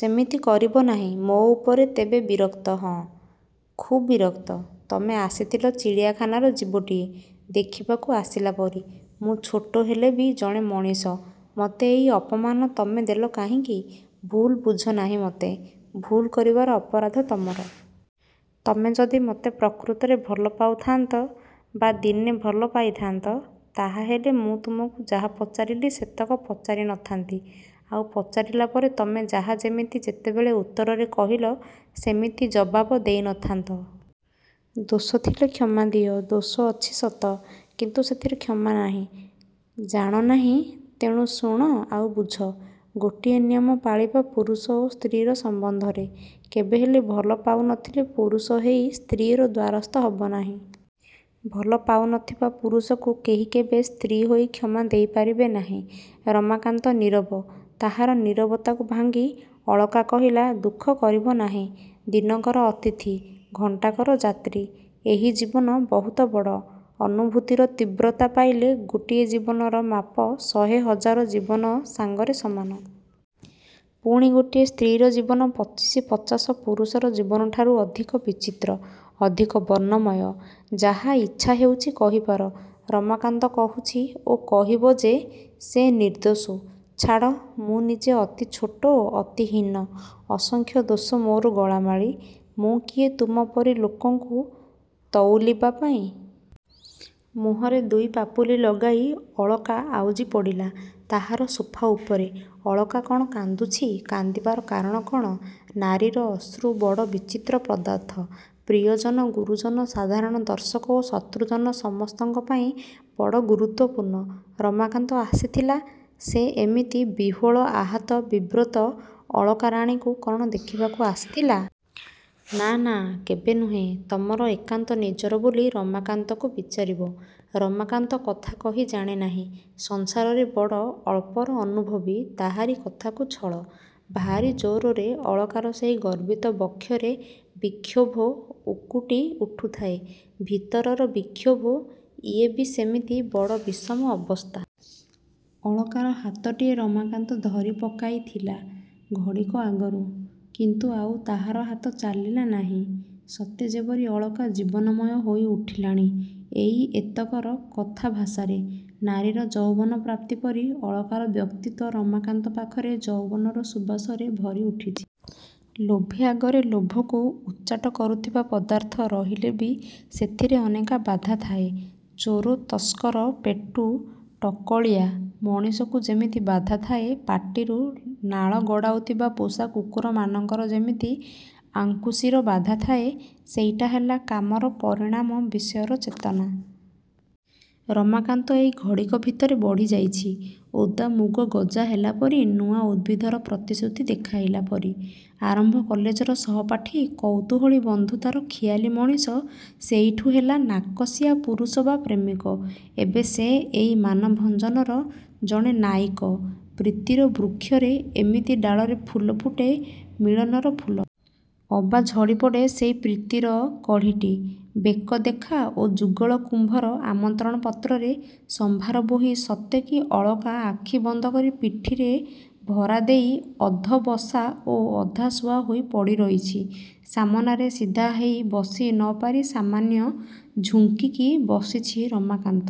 ସେମିତି କରିବ ନାହିଁ। –ମୋ' ଉପରେ ତେବେ ବିରକ୍ତ? –ହଁ। ଖୁବ୍ ବିରକ୍ତ। ତମେ ଆସିଥିଲ ଚିଡ଼ିଆଖାନାର ଜୀବଟିଏ ଦେଖିବାକୁ ଆସିଲା ପରି। ମୁଁ ଛୋଟ ହେଲେ ବି ଜଣେ ମଣିଷ। ମତେ ଏଇ ଅପମାନ ତମେ ଦେଲ କାହିଁକି? –ଭୁଲ୍ ବୁଝନାହିଁ ମତେ। –ଭୁଲ୍ କରିବାର ଅପରାଧ–ତମର। ତମେ ଯଦି ମତେ ପ୍ରକୃତରେ ଭଲ ପାଉଥାନ୍ତ ବା ଦିନେ ଭଲ ପାଇଥାନ୍ତ, ତାହାହେଲେ ମୁଁ ତୁମକୁ ଯାହା ପଚାରିଲି ସେତକ ପଚାରି ନ ଥାନ୍ତି। ଆଉ ପଚାରିଲା ପରେ ତମେ ଯାହା ଯେମିତି ଯେତେବେଳେ ଉତ୍ତରରେ କହିଲ ସେମିତି ଜବାବ ଦେଇ ନ ଥାନ୍ତ। –ଦୋଷ ଥିଲେ କ୍ଷମା ଦିଅ। –ଦୋଷ ଅଛି ସତ। କିନ୍ତୁ ସେଥିରେ କ୍ଷମା ନାହିଁ। –ଜାଣ ନାହିଁ, ତେଣୁ ଶୁଣ ଆଉ ବୁଝ-। ଗୋଟିଏ ନିୟମ ପାଳିବା ପୁରୁଷ ଓ ସ୍ତ୍ରୀର ସମ୍ବନ୍ଧରେ। କେବେହେଲେ ଭଲ ପାଉନଥିଲେ ପୁରୁଷ ହେଇ ସ୍ତ୍ରୀ'ର ଦ୍ୱାରସ୍ଥ ହବ ନାହିଁ। ଭଲ ପାଉ ନ ଥିବା ପୁରୁଷକୁ କେହି କେବେ ସ୍ତ୍ରୀ' ହୋଇ କ୍ଷମା ଦେଇପାରେ ନାହିଁ। ରମାକାନ୍ତ ନୀରବ। ତାହାର ନୀରବତାକୁ ଭାଙ୍ଗି ଅଳକା କହିଲା–ଦୁଃଖ କରିବ ନାହିଁ। ଦିନକର ଅତିଥି–ଘଣ୍ଟାକର ଯାତ୍ରୀ। ଏହି ଜୀବନ ବହୁତ ବଡ଼। ଅନୁଭୂତିର ତୀବ୍ରତା ପାଇଲେ ଗୋଟିଏ ଜୀବନର ମାପ ଶହେ ହଜାରେ ଜୀବନ ସାଙ୍ଗରେ ସମାନ। ପୁଣି ଗୋଟିଏ ସ୍ତ୍ରୀ'ର ଜୀବନ ପଚିଶି ପଚାଶ ପୁରୁଷର ଜୀବନଠାରୁ ଅଧିକ ବିଚିତ୍ର–ଅଧିକ ବର୍ଣ୍ଣମୟ। –ଯାହା ଇଚ୍ଛା ହେଉଛି କହିପାର। ରମାକାନ୍ତ କହୁଛି ଓ କହିବ ଯେ ସେ ନିର୍ଦ୍ଦୋଷ। –ଛାଡ଼। ମୁଁ ନିଜେ ଅତି ଛୋଟ–ଅତି ହୀନ। ଅସଂଖ୍ୟ ଦୋଷ ମୋର ଗଳାମାଳୀ। ମୁଁ କିଏ ତୁମପରି ଲୋକଙ୍କୁ ତଉଲିବା ପାଇଁ? ମୁହଁରେ ଦୁଇ ପାପୁଲି ଲଗାଇ ଅଳକା ଆଉଜି ପଡ଼ିଲା ତାହାର ସୋଫା ଉପରେ। ଅଳକା କ'ଣ କାନ୍ଦୁଛି? କାନ୍ଦିବାର କାରଣ କ'ଣ? ନାରୀର ଅଶ୍ରୁ ବଡ଼ ବିଚିତ୍ର ପଦାର୍ଥ–ପ୍ରିୟଜନ, ଗୁରୁଜନ, ସାଧାରଣ ଦର୍ଶକ ଓ ଶତ୍ରୁଜନ ସମସ୍ତଙ୍କ ପାଇଁ ବଡ଼ ଗୁରୁତ୍ୱପୂର୍ଣ୍ଣ। ରମାକାନ୍ତ ଆସିଥିଲା। ସେ ଏମିତି ବିହ୍ୱଳ, ଆହତ, ବିବ୍ରତ ଅଳକାରାଣୀକୁ କ'ଣ ଦେଖିବାକୁ ଆସିଥିଲା? –ନା–ନା କେବେ ନୁହେଁ। –ତମର ଏକାନ୍ତ ନିଜର ବୋଲି ରମାକାନ୍ତକୁ ବିଚାରିବ? ରମାକାନ୍ତ କଥା କହି ଜାଣେ ନାହିଁ ସଂସାରରେ ବଡ଼ ଅଳ୍ପର ଅନୁଭବୀ ତାହାରି କଥାକୁ ଛଳ? ଭାରି ଜୋରରେ ଅଳକାର ସେହି ଗର୍ବିତ ବକ୍ଷରେ ବିକ୍ଷୋଭ ଉକୁଟି ଉଠୁଥାଏ–ଭିତରର ବିକ୍ଷୋଭ। –ଇଏ ବି ସେମିତି ବଡ଼ ବିଷମ ଅବସ୍ଥା। ଅଳକାର ହାତଟିଏ ରମାକାନ୍ତ ଧରି ପକାଇଥିଲା ଘଡ଼ିକ ଆଗରୁ। କିନ୍ତୁ ଆଉ ତାହାର ହାତ ଚାଲିଲା ନାହିଁ। –ସତେ ଯେପରି ଅଳକା ଜୀବନମୟ ହୋଇ ଉଠିଲାଣି–ଏଇ ଏତକର କଥା ଭାଷାରେ। ନାରୀର ଯୌବନ ପ୍ରାପ୍ତି ପରି ଅଳକାର ବ୍ୟକ୍ତିତ୍ୱ ରମାକାନ୍ତ ପାଖରେ ଯୌବନର ସୁବାସରେ ଭରି ଉଠିଛି। ଲୋଭୀ ଆଗରେ ଲୋଭକୁ ଉଚ୍ଚାଟ କରୁଥିବା ପଦାର୍ଥ ରହିଲେ ବି ସେଥିରେ ଅନେକ ବାଧା ଥାଏ–ଚୋର, ତସ୍କର, ପେଟୁ, ଟକଳିଆ। ମଣିଷକୁ ଯେମିତି ବାଧା ଥାଏ ପାଟିରୁ ନାଳ ଗଡ଼ାଉଥିବା ପୋଷା କୁକୁରମାନଙ୍କର ଯେମିତି ଆଙ୍କୁଶିର ବାଧା ଥାଏ। ସେଇଟା ହେଲା କାମର ପରିଣାମ ବିଷୟରେ ଚେତନା। ରମାକାନ୍ତ ଏହି ଘଡ଼ିକ ଭିତରେ ବଢ଼ି ଯାଇଛି। ଓଦା ମୁଗ ଗଜା ହେଲାପରି–ନୂଆ ଉଦ୍ଭିଦର ପ୍ରତିଶ୍ରୁତି ଦେଖାଇଲା ପରି। ଆରମ୍ଭ କଲେଜର ସହପାଠୀ–କୌତୂହଳୀ ବନ୍ଧୁତାର ଖିଆଲି ମଣିଷ–ସେଇଠୁ ହେଲା ନାକଷିଆ ପୁରୁଷ ବା ପ୍ରେମିକ–ଏବେ ସେ ଏଇ ମାନ–ଭଞ୍ଜନର ଜଣେ ନାୟକ ପ୍ରୀତିର ବୃକ୍ଷରେ ଏମିତି ଡାଳରେ ଫୁଲ ଫୁଟେ–ମିଳନର ଫୁଲ। ଅବା ଝଡ଼ିପଡ଼େ ସେଇ ପ୍ରୀତିର କଢ଼ିଟି। ବେକ–ଦେଖା ଓ ଯୁଗଳ କୁମ୍ଭର ଆମନ୍ତ୍ରଣ ପତ୍ରର ସମ୍ଭାର ବୋହି ସତେକି ଅଳକା ଆଖି ବନ୍ଦ କରି ପିଠିରେ ଭରା ଦେଇ ଅଧାବସା ଓ ଅଧାଶୁଆ ହେଇ ପଡ଼ି ରହିଛି। ସାମନାରେ ସିଧା ହେଇ ବସି ନ ପାରି ସାମାନ୍ୟ ଝୁଙ୍କ୍ତିରେ ବସିଛି–ରମାକାନ୍ତ।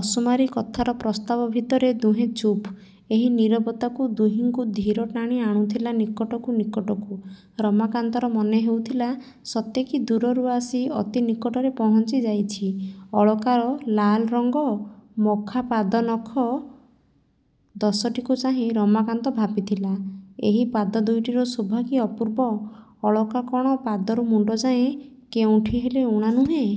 ଅସୁମାରୀ କଥାର ପ୍ରସ୍ତାବ ଭିତରେ ଦୁହେଁ ଚୁପ୍। ଏହି ନୀରବତା ଦୁହିଁଙ୍କୁ ଧୀରେ ଟାଣି ଆଣୁଥିଲା ନିକଟରୁ ନିକଟକୁ–ରମାକାନ୍ତର ମନେ ହେଉଥିଲା। ସତେ କି ଦୂରରୁ ଆସି ଅତି ନିକଟରେ ପହଞ୍ଚି ଯାଇଛି। ଅଳକାର ଲାଲରଙ୍ଗ–ମଖା ପାଦ ନଖ ଦଶଟିକୁ ଚାହିଁ ରମାକାନ୍ତ ଭାବିଥିଲା–ଏହି ପାଦ ଦୁଇଟିର ଶୋଭା କି ଅପୂର୍ବ। ଅଳକା କ'ଣ ପାଦରୁ ମୁଣ୍ଡଯାଏ କେଉଁଠି ହେଲେ ଊଣା ନୁହେଁ?